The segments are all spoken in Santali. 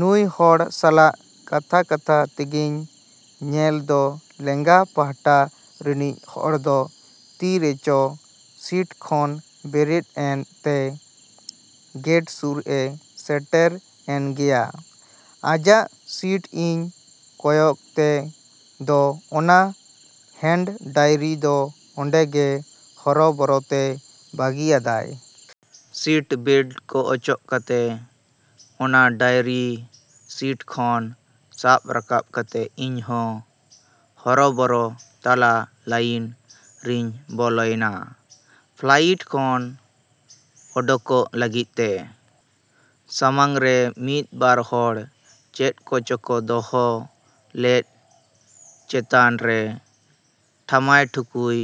ᱱᱩᱭ ᱦᱚᱲ ᱥᱟᱞᱟᱜ ᱠᱟᱛᱷᱟ ᱠᱟᱛᱷᱟ ᱛᱮᱜᱮᱧ ᱧᱮᱞ ᱫᱚ ᱞᱮᱸᱜᱟ ᱯᱟᱦᱴᱟ ᱨᱤᱱᱤᱡ ᱦᱚᱲ ᱫᱚ ᱛᱤ ᱨᱮᱪᱚ ᱥᱤᱴ ᱠᱷᱚᱱ ᱵᱮᱨᱮᱫ ᱮᱱ ᱛᱮ ᱜᱮᱴ ᱥᱩᱨ ᱮ ᱥᱮᱴᱮᱨ ᱮᱱ ᱜᱮᱭᱟ ᱾ ᱟᱡᱟᱜ ᱥᱤᱴ ᱤᱧ ᱠᱚᱭᱚᱜ ᱛᱮ ᱫᱚ ᱚᱱᱟ ᱦᱮᱸᱰ ᱰᱟᱭᱨᱤ ᱫᱚ ᱚᱸᱰᱮ ᱜᱮ ᱦᱚᱨᱚᱵᱚᱨᱚ ᱛᱮ ᱵᱟᱹᱜᱤᱭᱟᱫ ᱟᱭ ᱾ ᱥᱤᱴ ᱵᱮᱞᱴ ᱠᱚ ᱚᱪᱚᱜ ᱠᱟᱛᱮ ᱚᱱᱟ ᱰᱟᱭᱨᱤ ᱥᱤᱴ ᱠᱷᱚᱱ ᱥᱟᱵ ᱨᱟᱠᱟᱵ ᱠᱟᱛᱮ ᱤᱧ ᱦᱚᱸ ᱦᱚᱨᱚᱵᱚᱨᱚ ᱛᱟᱞᱟ ᱞᱟᱭᱤᱱ ᱨᱤᱧ ᱵᱚᱞᱚᱭᱮᱱᱟ ᱯᱷᱞᱟᱭᱤᱴ ᱠᱷᱚᱱ ᱚᱰᱚᱠᱚᱜ ᱞᱟᱹᱜᱤᱫ ᱛᱮ ᱾ ᱥᱟᱢᱟᱝ ᱨᱮ ᱢᱤᱫ ᱵᱟᱨ ᱦᱚᱲ ᱪᱮᱫ ᱠᱚ ᱪᱚ ᱠᱚ ᱫᱚᱦᱚ ᱞᱮᱫ ᱪᱮᱛᱟᱱ ᱨᱮ ᱴᱷᱟᱢᱟᱭ ᱴᱷᱩᱠᱟᱹᱭ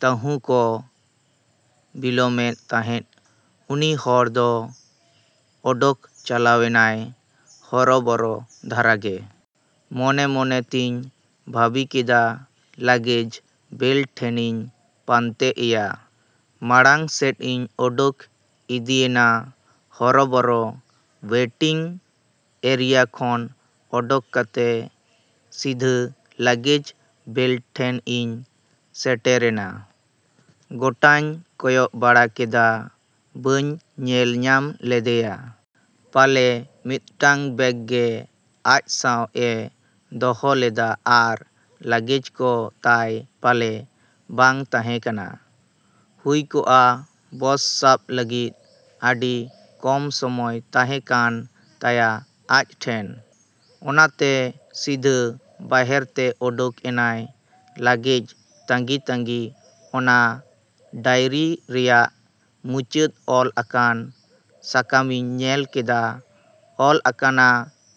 ᱛᱟᱹᱦᱩᱸ ᱠᱚ ᱵᱤᱞᱚᱢᱮᱫ ᱛᱟᱦᱮᱸᱫ ᱩᱱᱤ ᱦᱚᱲ ᱫᱚ ᱚᱰᱚᱠ ᱪᱟᱞᱟᱣᱮᱱᱟᱭ ᱦᱚᱨᱚᱵᱚᱨᱚ ᱫᱷᱟᱨᱟ ᱜᱮ ᱾ ᱢᱚᱱᱮ ᱢᱚᱱᱮ ᱛᱤᱧ ᱵᱷᱟᱹᱵᱤ ᱠᱮᱫᱼᱟ ᱞᱚᱜᱮᱡᱽ ᱵᱮᱞᱴ ᱴᱷᱮᱱᱤᱧ ᱯᱟᱱᱛᱮ ᱮᱭᱟ ᱾ ᱢᱟᱬᱟᱝ ᱥᱮᱫ ᱤᱧ ᱚᱰᱚᱠ ᱤᱫᱤᱭᱮᱱᱟ ᱦᱚᱨᱚᱵᱚᱨᱚ ᱣᱮᱴᱤᱝ ᱮᱨᱤᱭᱟ ᱠᱷᱚᱱ ᱚᱰᱚᱠ ᱠᱟᱛᱮ ᱥᱤᱫᱷᱟᱹ ᱞᱚᱜᱮᱡᱽ ᱵᱮᱞᱴ ᱴᱷᱮᱱ ᱤᱧ ᱥᱮᱴᱮᱨᱮᱱᱟ ᱾ ᱜᱚᱴᱟᱧ ᱠᱚᱭᱚᱜ ᱵᱟᱲᱟ ᱠᱮᱫᱼᱟ ᱵᱟᱹᱧ ᱧᱮᱞ ᱧᱟᱢ ᱞᱮᱫᱮᱭᱟ ᱾ ᱯᱟᱞᱮ ᱢᱤᱫᱴᱟᱹᱝ ᱵᱮᱜ ᱜᱮ ᱟᱡ ᱥᱟᱶ ᱮ ᱫᱚᱦᱚ ᱞᱮᱫᱼᱟ ᱟᱨ ᱞᱚᱜᱮᱡᱽ ᱠᱚ ᱛᱟᱭ ᱯᱟᱞᱮ ᱵᱟᱝ ᱛᱟᱦᱮᱸ ᱠᱟᱱᱟ ᱾ ᱦᱩᱭ ᱠᱚᱜᱼᱟ ᱵᱚᱥ ᱥᱟᱵ ᱞᱟᱹᱜᱤᱫ ᱟᱹᱰᱤ ᱠᱚᱢ ᱥᱚᱢᱚᱭ ᱛᱟᱦᱮᱸ ᱠᱟᱱ ᱛᱟᱭᱟ ᱟᱡ ᱴᱷᱮᱱ᱾ ᱚᱱᱟ ᱛᱮ ᱥᱤᱫᱷᱟᱹ ᱵᱟᱦᱨᱮ ᱛᱮ ᱚᱰᱚᱠ ᱮᱱᱟᱭ ᱞᱚᱜᱮᱡᱽ ᱛᱟᱺᱜᱤ ᱛᱟᱺᱜᱤ ᱚᱱᱟ ᱰᱟᱹᱭᱨᱤ ᱨᱮᱱᱟᱜ ᱢᱩᱪᱟᱹᱫ ᱚᱞ ᱟᱠᱟᱱ ᱥᱟᱠᱟᱢᱤᱧ ᱧᱮᱞ ᱠᱮᱫᱼᱟ ᱚᱞ ᱟᱠᱟᱱᱟ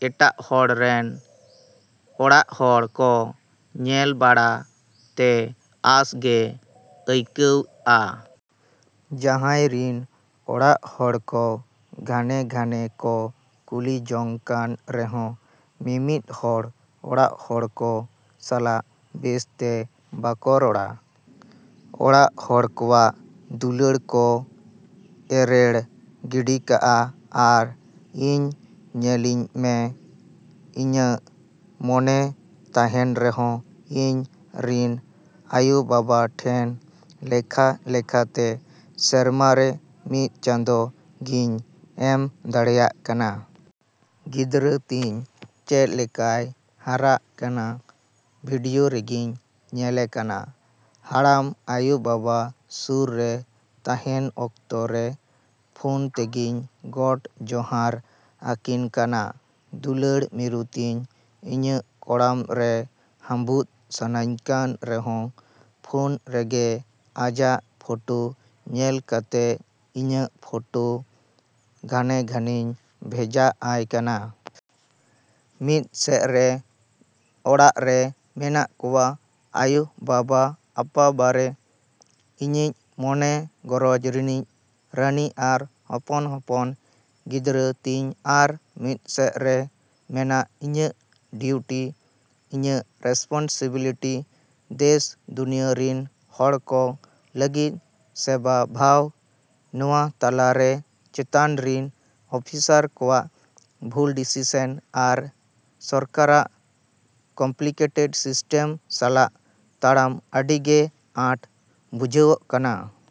ᱮᱴᱟᱜ ᱦᱚᱲ ᱨᱤᱱ ᱚᱲᱟᱜ ᱦᱚᱲ ᱠᱚ ᱧᱮᱞ ᱵᱟᱲᱟ ᱛᱮ ᱟᱸᱥ ᱜᱮ ᱟᱹᱭᱠᱟᱹᱣᱜᱼᱟ ᱾ ᱡᱟᱦᱟᱸᱭ ᱨᱤᱱ ᱚᱲᱟᱜ ᱦᱚᱲ ᱠᱚ ᱜᱷᱟᱱᱮ ᱜᱷᱟᱱᱮ ᱠᱚ ᱠᱩᱞᱤ ᱡᱚᱝ ᱠᱟᱱ ᱨᱮᱦᱚᱸ ᱢᱤᱢᱤᱫ ᱦᱚᱲ ᱚᱲᱟᱜ ᱦᱚᱲ ᱠᱚ ᱥᱟᱞᱟᱜ ᱵᱮᱥ ᱛᱮ ᱵᱟᱠᱚ ᱨᱚᱲᱟ ᱾ ᱚᱲᱟᱜ ᱦᱚᱲ ᱠᱚᱣᱟᱜ ᱫᱩᱞᱟᱹᱲ ᱠᱚ ᱮᱨᱮᱲ ᱜᱤᱰᱤ ᱠᱟᱜᱼᱟ ᱟᱨ ᱤᱧ ᱧᱮᱞᱤᱧ ᱢᱟ ᱤᱧᱟᱜ ᱢᱚᱱᱮ ᱛᱟᱦᱮᱸᱱ ᱨᱮᱦᱚᱸ ᱤᱧ ᱨᱤᱱ ᱟᱭᱳ ᱵᱟᱵᱟ ᱴᱷᱮᱱ ᱞᱮᱠᱷᱟ ᱞᱮᱠᱷᱟ ᱛᱮ ᱥᱮᱨᱢᱟ ᱨᱮ ᱢᱤᱫ ᱪᱟᱸᱫᱚ ᱜᱤᱧ ᱮᱢ ᱫᱟᱲᱮᱭᱟᱜ ᱠᱟᱱᱟ ᱾ ᱜᱤᱫᱽᱨᱟᱹ ᱛᱤᱧ ᱪᱮᱫ ᱞᱮᱠᱟᱭ ᱦᱟᱨᱟᱜ ᱠᱟᱱᱟ ᱵᱷᱤᱰᱤᱭᱳ ᱨᱮᱜᱤᱧ ᱧᱮᱞᱮ ᱠᱟᱱᱟ ᱾ ᱦᱟᱲᱟᱢ ᱟᱭᱳ ᱵᱟᱵᱟ ᱥᱩᱨ ᱨᱮ ᱛᱟᱦᱮᱸᱱ ᱚᱠᱛᱚ ᱨᱮ ᱯᱷᱳᱱ ᱛᱮᱜᱤᱧ ᱜᱳᱰ ᱡᱚᱦᱟᱨ ᱟᱹᱠᱤᱱ ᱠᱟᱱᱟ ᱾ᱫᱩᱞᱟᱹᱲ ᱡᱩᱨᱤ ᱛᱤᱧ ᱤᱧᱟᱜ ᱠᱚᱲᱟᱢ ᱨᱮ ᱦᱟᱺᱵᱩᱫ ᱥᱟᱹᱱᱟᱹᱧ ᱠᱟᱱ ᱨᱮᱦᱚᱸ ᱯᱷᱳᱱ ᱨᱮᱜᱮ ᱟᱡᱟᱜ ᱯᱷᱳᱴᱚ ᱧᱮᱞ ᱠᱟᱛᱮ ᱤᱧᱟᱜ ᱯᱷᱳᱴᱚ ᱜᱷᱟᱱᱮ ᱜᱷᱟᱱᱮᱧ ᱵᱷᱮᱡᱟ ᱟᱭ ᱠᱟᱱᱟ ᱾ ᱢᱤᱫ ᱥᱮᱫ ᱨᱮ ᱚᱲᱟᱜ ᱨᱮ ᱢᱮᱱᱟᱜ ᱠᱚᱣᱟ ᱟᱭᱳ ᱵᱟᱵᱟ ᱟᱯᱟ ᱵᱟᱨᱮ ᱤᱧᱤᱡ ᱢᱚᱱᱮ ᱜᱷᱟᱨᱚᱸᱡᱽ ᱨᱤᱱᱤᱡ ᱨᱟᱹᱱᱤ ᱟᱨ ᱦᱚᱯᱚᱱ ᱦᱚᱯᱚᱱ ᱜᱤᱫᱽᱨᱟᱹ ᱛᱤᱧ ᱟᱨ ᱢᱤᱫ ᱥᱮᱫ ᱨᱮ ᱢᱮᱱᱟᱜ ᱤᱧᱟᱜ ᱰᱮᱭᱴᱤ ᱤᱧᱟᱜ ᱨᱮᱥᱯᱚᱱᱥᱤᱵᱤᱞᱤᱴᱤ ᱫᱮᱥ ᱫᱩᱱᱤᱭᱟᱹ ᱨᱤᱱ ᱦᱚᱲ ᱠᱚ ᱞᱟᱹᱜᱤᱫ ᱥᱮᱵᱟ ᱵᱷᱟᱣ ᱱᱚᱶᱟ ᱛᱟᱞᱟ ᱨᱮ ᱪᱮᱛᱟᱱ ᱨᱤᱱ ᱚᱯᱷᱤᱥᱚᱨ ᱠᱚᱣᱟᱜ ᱵᱷᱩᱞ ᱰᱤᱥᱤᱥᱚᱱ ᱟᱨ ᱥᱚᱨᱠᱟᱨᱟᱜ ᱠᱚᱢᱯᱞᱤᱠᱮᱴᱮᱰ ᱥᱤᱥᱴᱚᱢ ᱥᱟᱞᱟᱜ ᱛᱟᱲᱟᱢ ᱟᱹᱰᱤ ᱜᱮ ᱟᱸᱴ ᱵᱩᱡᱷᱟᱹᱣᱜ ᱠᱟᱱᱟ ᱾।